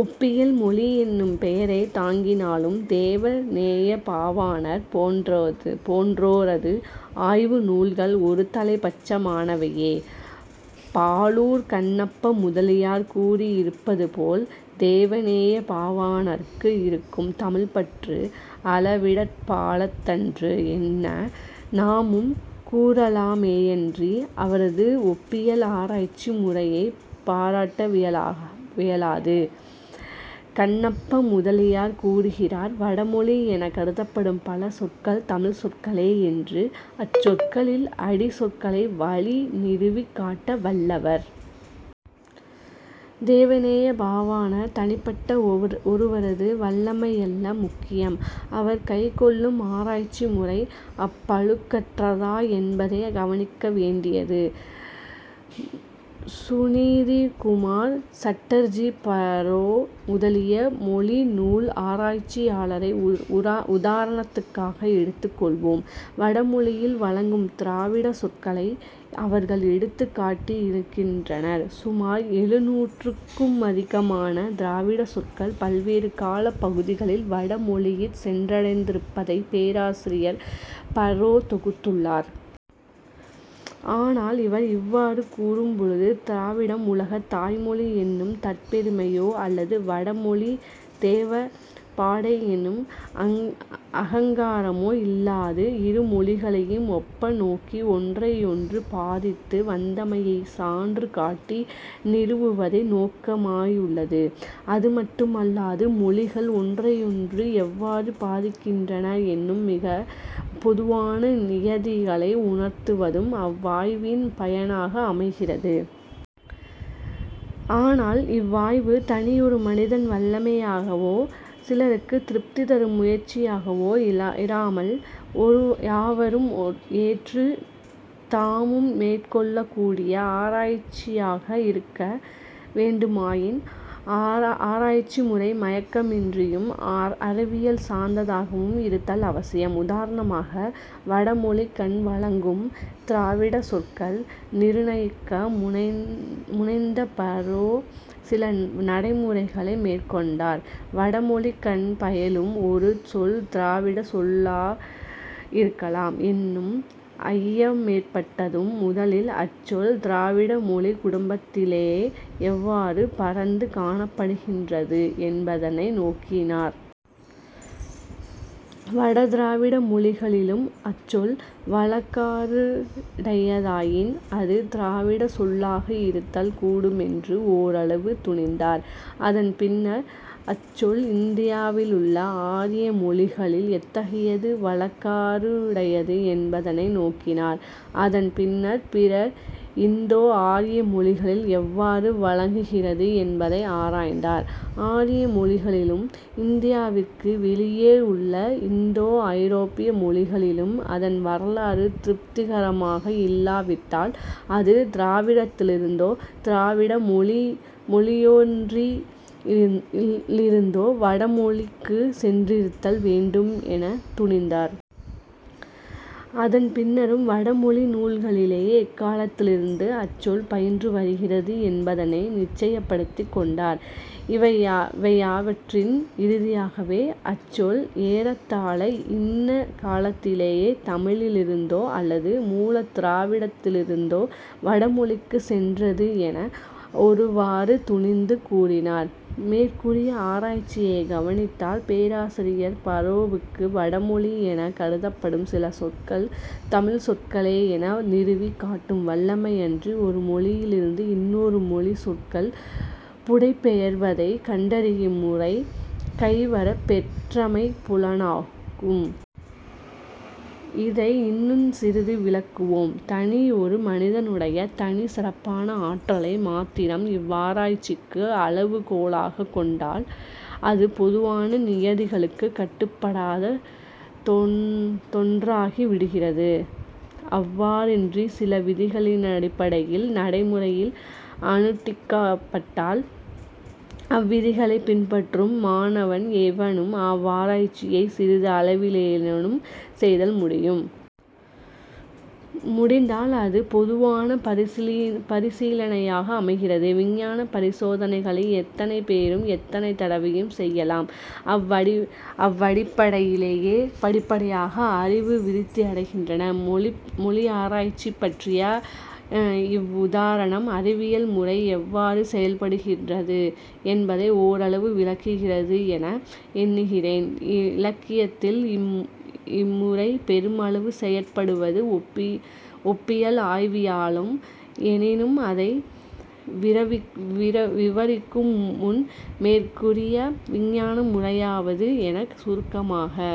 ஒப்பியல் மொழி என்னும் பெயரைத் தாங்கினாலும் தேவ நேயப்பாவாணர் போன்றோரது ஆய்வு நூல்கள் ஒரு தலைப் பட்சமானவையே. பாலூர் கண்ணப்ப முதலியார் கூறியிருப்பதுபோல் தேவநேயப் பாவாணருக்கு இருக்கும் தமிழ்ப்பற்று அளவிடற்பாலதன்று என நாமும் கூறலாமேயன்றி அவரது ஒப்பியல் ஆராய்ச்சி முறையைப் பாராட்டவியலாது. கண்ணப்பமுதலியார் கூறுகிறார் வட மொழி எனக் கருதப்படும் பல சொற்கள் தமிழ் சொற்களே என்று அச்சொற்களின் அடிச் சொற்களின் வழி நிறுவிக்காட்ட வல்லவர். தேவநேயப் பாவாணர் தனிப்பட்ட ஒருவரது வல்லமையல்ல முக்கியம், அவர் கைக்கொள்ளும் ஆராய்ச்சி முறை அப்பழுக்கற்றதா என்பதே கவனிக்க வேண்டியது. சுநிதிகுமார் சட்டர்ஜி பறோ முதலிய மொழிநூல் ஆராய்ச்சியாளரை உதாரணத்துக்காக எடுத்துக் கொள்வோம். வட மொழியில் வழங்கும் திராவிடச் சொற்களை இவர்கள் எடுத்துக் காட்டியிருக்கின்றனர் சுமார் எழுநூற்றுக்குமதிகமான திராவிடச் சொற்கள் பல்வேறு காலப் பகுதிகளில் வட மொழியிற் சென்றடைந்திருப்பதைப் பேராசிரியர் பறோ தொகுத்துள்ளார். ஆனால் இவர் இவ்வாறு கூறும் பொழுது திராவிடம் உலகத் தாய்மொழி என்னும் தற்பெருமையோ அல்லது வட மொழி தேவபாடை என்னும் அகங்காரமோ இல்லாது இருமொழிகளையும் ஒப்பநோக்கி ஒன்றையொன்று பாதித்து வந்தமையைச் சான்று காட்டி நிறுவுவதே நோக்கமாயுள்ளது. அது மட்டுமல்லாது மொழிகள் ஒன்றையொன்று எவ்வாறு பாதிக்கின்றன என்னும் மிகப் பொதுவான நியதியை உணர்த்துவதும் அவ்வாய்வின் பயனாக அமைகிறது. ஆனால் இவ்வாய்வு தனியொரு மனிதரின் வல்லமையாகவோ சிலருக்குத் திருப்தி தரும் முயற்சியாகவோ இராமல் யாவரும் ஏற்றுத் தாமும் மேற்கொள்ளக்கூடிய ஆராய்ச்சியாக இருக்க வேண்டுமாயின் ஆராய்ச்சி முறை மயக்கமின்றியும் அறிவியல் சார்ந்ததாயும் இருத்தல் அவசியம். உதாரணமாக வடமொழிக்கண் வழங்கும் திராவிடச் சொற்களை நிருணயிக்க முனைந்த பறோ சில நடைமுறைகளை மேற்கொண்டார் வடமொழிக்கண் பயிலும் ஒரு சொல் திராவிடச் சொல்லாயிருக்கலாம் என்னும் ஐயமேற்பட்டதும் முதலில் அச்சொல் திராவிட மொழிக் குடும்பத்திலே எவ்வாறு பரந்து காணப்படுகின்றது என்பதனை நோக்கினார். வட திராவிட மொழிகளிலும் அச்சொல் வழக்காறுடையதாயின் அது திராவிடச் சொல்லாக இருத்தல் கூடுமென்று ஓரளவு துணிந்தார். அதன் பின்னர் அச்சொல் இந்தியாவிலுள்ள ஆரிய மொழிகளில் எத்தகைய வழக்காறுடையது என்பதனை நோக்கினார். அதன் பின்னர் பிற இந்தோ ஆரிய மொழிகளில் எவ்வாறு வழங்குகிறது என்பதை ஆராய்ந்தார். ஆரிய மொழிகளிலும் இந்தியாவிற்கு வௌியேயுள்ள இந்தோ ஐரோப்பிய மொழிகளிலும் அதன் வரலாறு திருப்திகரமாக இல்லா விட்டால் அது திராவிடத்திலிருந்தோ திராவிட மொழியொன்றிலிருந்தோ வட மொழிக்குச் சென்றிருத்தல் வேண்டும் எனத் துணிந்தார். அதன் பின்னரும் வட மொழி நூல்களிலே எக்காலத்திலிருந்து அச் சொல் பயின்று வருகிறது என்பதனை நிச்சயப்படுத்திக் கொண்டார். இவையாவற்றின் இறுதியாகவே அச் சொல் ஏறத்தாழ இன்ன காலத்திலே தமிழிலிருந்தோ அல்லது மூலத் திராவிடத்திலிருந்தோ வட மொழிக்குச் சென்றது என ஒருவாறு துணிந்து கூறினார். மேற்கூறிய ஆராய்ச்சியைக் கவனித்தால் பேராசிரியர் பறோவுக்கு வடமொழி எனக் கருதப்படும் சில சொற்கள் தமிழ்ச் சொற்களே என நிறுவிக் காட்டும் வல்லமை அன்றி ஒரு மொழியிலிருந்து இன்னொரு மொழிக்குச் சொற்கள் புடை பெயர்வதைக் கண்டறியும் முறை கைவரப் பெற்றமை புலனாகும். இதை இன்னுஞ் சிறிது விளக்குவோம். தனியொரு மனிதனுடைய தனிச் சிறப்பான ஆற்றலை மாத்திரம் இவ்வாராய்ச்சிக்கு அளவு கோலாகக் கொண்டால் அது பொதுவான நியதிகளுக்குக் கட்டுப்படாத தொன்றாகி விடுகிறது. அவ்வாறன்றிச் சில விதிகளினடிப்படையில் நடை முறைகள் அனுட்டிக்கப் பட்டால் அவ்விதிகளைப் பின்பற்றும் மாணவன் எவனும் அவ்வாராய்ச்சியைச் சிறிய அளவிலேனும் செய்தல் முடியும். முடிந்தால் அது பொதுவான பரிசீலனையாக அமைகிறது. விஞ்ஞானப் பரிசோதனைகளை எத்தனை பேரும் எத்தனை தடவையும் செய்யலாம் அவ்வடிப்படையிலேயே படிப்படியாக அறிவு விருத்தியடைகின்றது. மொழியாராய்ச்சி பற்றிய இவ்வுதாரணம் அறிவியல் முறை எவ்வாறு செயற்படுகின்றது என்பதை ஓரளவு விளக்குகிறது என எண்ணுகிறேன். இலக்கியத்தில் இம்முறை பெருமளவு செயற்படுவது ஒப்பியல் ஆய்வியலாகும் எனினும் அதை விவரிக்குமுன் மேற்கூறிய விஞ்ஞான முறையாது எனச் சுருக்கமாகக்